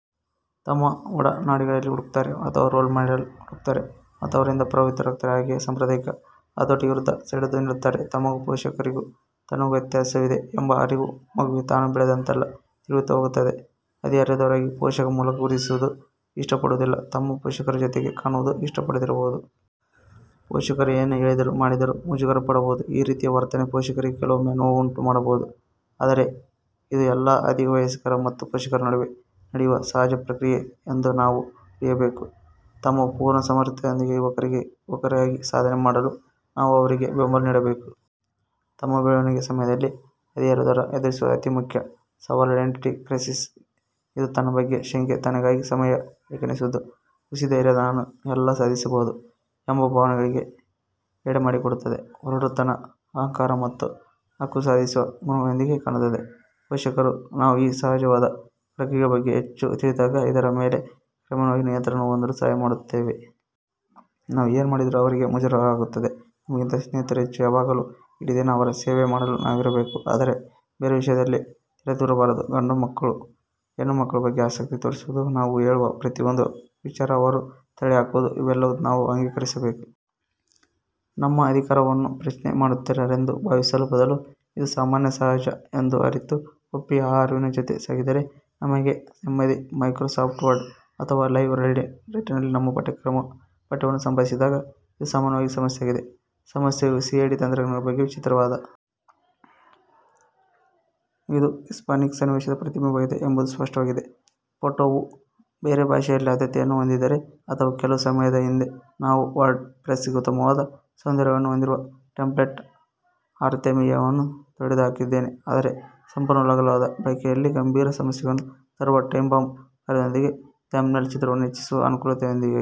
ತಮ್ಮ ಒಡನಾಡಿಗಳಲ್ಲಿ ಹುಡುಕುತ್ತಾರೆ. ಅಥವಾ ರೋಲ್ ಮಾಡೆಲ್ ಹುಡುಕುತ್ತಾರೆ ಮತ್ತು ಅವರಿಂದ ಪ್ರಭಾವಿತರಾಗುತ್ತಾರೆ. ಹಾಗೆಯೇ ಸಾಂಪ್ರದಾಯಿಕ ಹತೋಟಿಯ ವಿರುದ್ಧ ಸೆಟೆದು ನಿಲ್ಲುತ್ತಾರೆ.. ತಮಗೂ ಪೋಷಕರಿಗೂ ತನಗೂ ವ್ಯತ್ಯಾಸವಿದೆ ಎಂಬ ಅರಿವು ಮಗುವಿಗೆ ತಾನು ಬೆಳೆದಂತೆಲ್ಲ ತಿಳಿಯುತ್ತಾ ಹೋಗುತ್ತದೆ. ಹದಿಹರೆಯದವರಾಗಿ ಪೋಷಕ ಮೂಲಕ ಗುರುತಿಸುವುದನ್ನು ಇಷ್ಟಪಡುವುದಿಲ್ಲ. ತಮ್ಮ ಪೋಷಕರ ಜೊತೆಗೆ ಕಾಣುವುದನ್ನೂ ಇಷ್ಟಪಡದಿರಬಹುದು. ಪೋಷಕರು ಏನೇ ಹೇಳಿದರೂ ಮಾಡಿದರೂ ಮುಜುಗರ ಪಡಬಹುದು. ಈ ರೀತಿಯ ವರ್ತನೆ ಪೋಷಕರಿಗೆ ಕೆಲವೊಮ್ಮೆ ನೋವುಂಟು ಮಾಡಬಹುದು. ಆದರೆ ಇದು ಎಲ್ಲ ಹದಿವಯಸ್ಕರು ಮತ್ತು ಪೋಷಕರ ನಡುವೆ ನಡೆಯುವ ಸಹಜ ಪ್ರಕ್ರಿಯೆ ಎಂದು ನಾವು ತಿಳಿಯಬೇಕು. ತಮ್ಮ ಪೂರ್ಣ ಸಾಮರ್ಥ್ಯದೊಂದಿಗೆ ಯುವಕರಾಗಿ ಸಾಧನೆ ಮಾಡಲು ನಾವು ಅವರಿಗೆ ಬೆಂಬಲ ನೀಡಬೇಕು. ತಮ್ಮ ಬೆಳವಣಿಗೆ ಸಮಯದಲ್ಲಿ ಹದಿಹರೆಯದವರು ಎದುರಿಸುವ ಅತಿ ಮುಖ್ಯ ಸವಾಲು ಐಡೆಂಟಿಟಿ ಕ್ರೈಸಿಸ್. ಇದು ತನ್ನ ಬಗ್ಗೆ ಶಂಕೆ, ತನಗಾಗಿ ಸಮಯ ಬೇಕೆನಿಸುವುದು, ಹುಸಿಧೈರ್ಯ, ನಾನು ಎಲ್ಲ ಸಾಧಿಸಬಹುದು ಎಂಬ ಭಾವನೆಗಳಿಗೆ ಎಡೆಮಾಡಿಕೊಡುತ್ತದೆ. ಒರಟುತನ, ಅಹಂಕಾರ ಮತ್ತು ಹಕ್ಕುಸಾಧಿಸುವ ಗುಣಗಳೊಂದಿಗೆ ಕಾಣುತ್ತದೆ. ಪೋಷಕರಾದ ನಾವು ಈ ಸಹಜವಾದ ಪ್ರಕ್ರಿಯೆಗಳ ಬಗ್ಗೆ ಹೆಚ್ಚು ತಿಳಿದಾಗ, ಇದರ ಮೇಲೆ ಕ್ರಮೇಣವಾಗಿ ನಿಯಂತ್ರಣ ಹೊಂದಲು ಸಹಾಯ ಮಾಡುತ್ತೇವೆ. ನಾವೇ ಏನೇ ಮಾಡಿದರೂ ಅವರಿಗೆ ಮುಜುಗರವಾಗುತ್ತದೆ, ನಮಗಿಂತ ಸ್ನೇಹಿತರು ಹೆಚ್ಚು; ಯಾವಾಗಲೂ ಇಡೀ ದಿನ ಅವರ ಸೇವೆ ಮಾಡಲು ನಾವಿರಬೇಕು ಆದರೆ ಬೇರೆ ವಿಷಯದಲ್ಲಿ ತಲೆದೂರಬಾರದು, ಗಂಡು ಮಕ್ಕಳು ಹೆಣ್ಣು ಮಕ್ಕಳ ಬಗ್ಗೆ ಆಸಕ್ತಿ ತೋರಿಸುವುದು, ನಾವು ಹೇಳುವ ಪ್ರತಿಯೊಂದು ವಿಚಾರ ಅವರು ತಳ್ಳಿಹಾಕುವುದು, ಇವೆಲ್ಲವನ್ನು ನಾವು ಅಂಗೀಕರಿಸಬೇಕು. ನಮ್ಮ ಅಧಿಕಾರವನ್ನು ಪ್ರಶ್ನೆಮಾಡುತ್ತಿದ್ದಾರೆಂದು ಭಾವಿಸುವ ಬದಲು, ಇದು 'ಸಾಮಾನ್ಯ', 'ಸಹಜ' ಎಂದು ಅರಿತು, ಒಪ್ಪಿ, ಆ ಅರಿವಿನ ಜೊತೆ ಸಾಗಿದರೆ ನಮಗೇ ನೆಮ್ಮದಿ. ಮೈಕ್ರೋಸಾಫ್ಟ್ ವರ್ಡ್ ಅಥವಾ ಲೈವ್ ರೈಟರ್ನಲ್ಲಿ ನಾವು ಪಠ್ಯವನ್ನು ಸಂಪಾದಿಸಿದಾಗ ಇದು ಸಾಮಾನ್ಯವಾಗಿ ಸಮಸ್ಯೆಯಾಗಿದೆ. ಸಮಸ್ಯೆಯು ಸಿಎಡಿ ತಂತ್ರಜ್ಞಾನಗಳ ಬಗ್ಗೆ ವಿಚಿತ್ರವಾದ ಇದು ಹಿಸ್ಪಾನಿಕ್ ಸನ್ನಿವೇಶದ ಪ್ರತಿಬಿಂಬವಾಗಿದೆ ಎಂಬುದು ಸ್ಪಷ್ಟವಾಗಿದೆ, ಪುಟವು ಬೇರೆ ಭಾಷೆಯಲ್ಲಿ ಆದ್ಯತೆಯನ್ನು ಹೊಂದಿದ್ದರೆ ಅಥವಾ ಕೆಲವು ಸಮಯದ ಹಿಂದೆ ನಾನು ವರ್ಡ್ ಪ್ರೆಸ್ಗೆ ಉತ್ತಮವಾದ ಸೌಂದರ್ಯವನ್ನು ಹೊಂದಿರುವ ಟೆಂಪ್ಲೆಟ್ ಆರ್ತೆಮಿಯಾವನ್ನು ತೊಡೆದುಹಾಕಿದ್ದೇನೆ ಆದರೆ ಸಂಪನ್ಮೂಲ ಅಗಲದ ಬಳಕೆಯಲ್ಲಿ ಗಂಭೀರ ಸಮಸ್ಯೆಗಳನ್ನು ತರುವ ಟೈಮ್ಟಂಬ್ ಕಾರ್ಯದೊಂದಿಗೆ ಥಂಬ್ನೇಲ್ ಚಿತ್ರಗಳನ್ನು ಹೆಚ್ಚಿಸುವ ಅನನುಕೂಲತೆಯೊಂದಿಗೆ.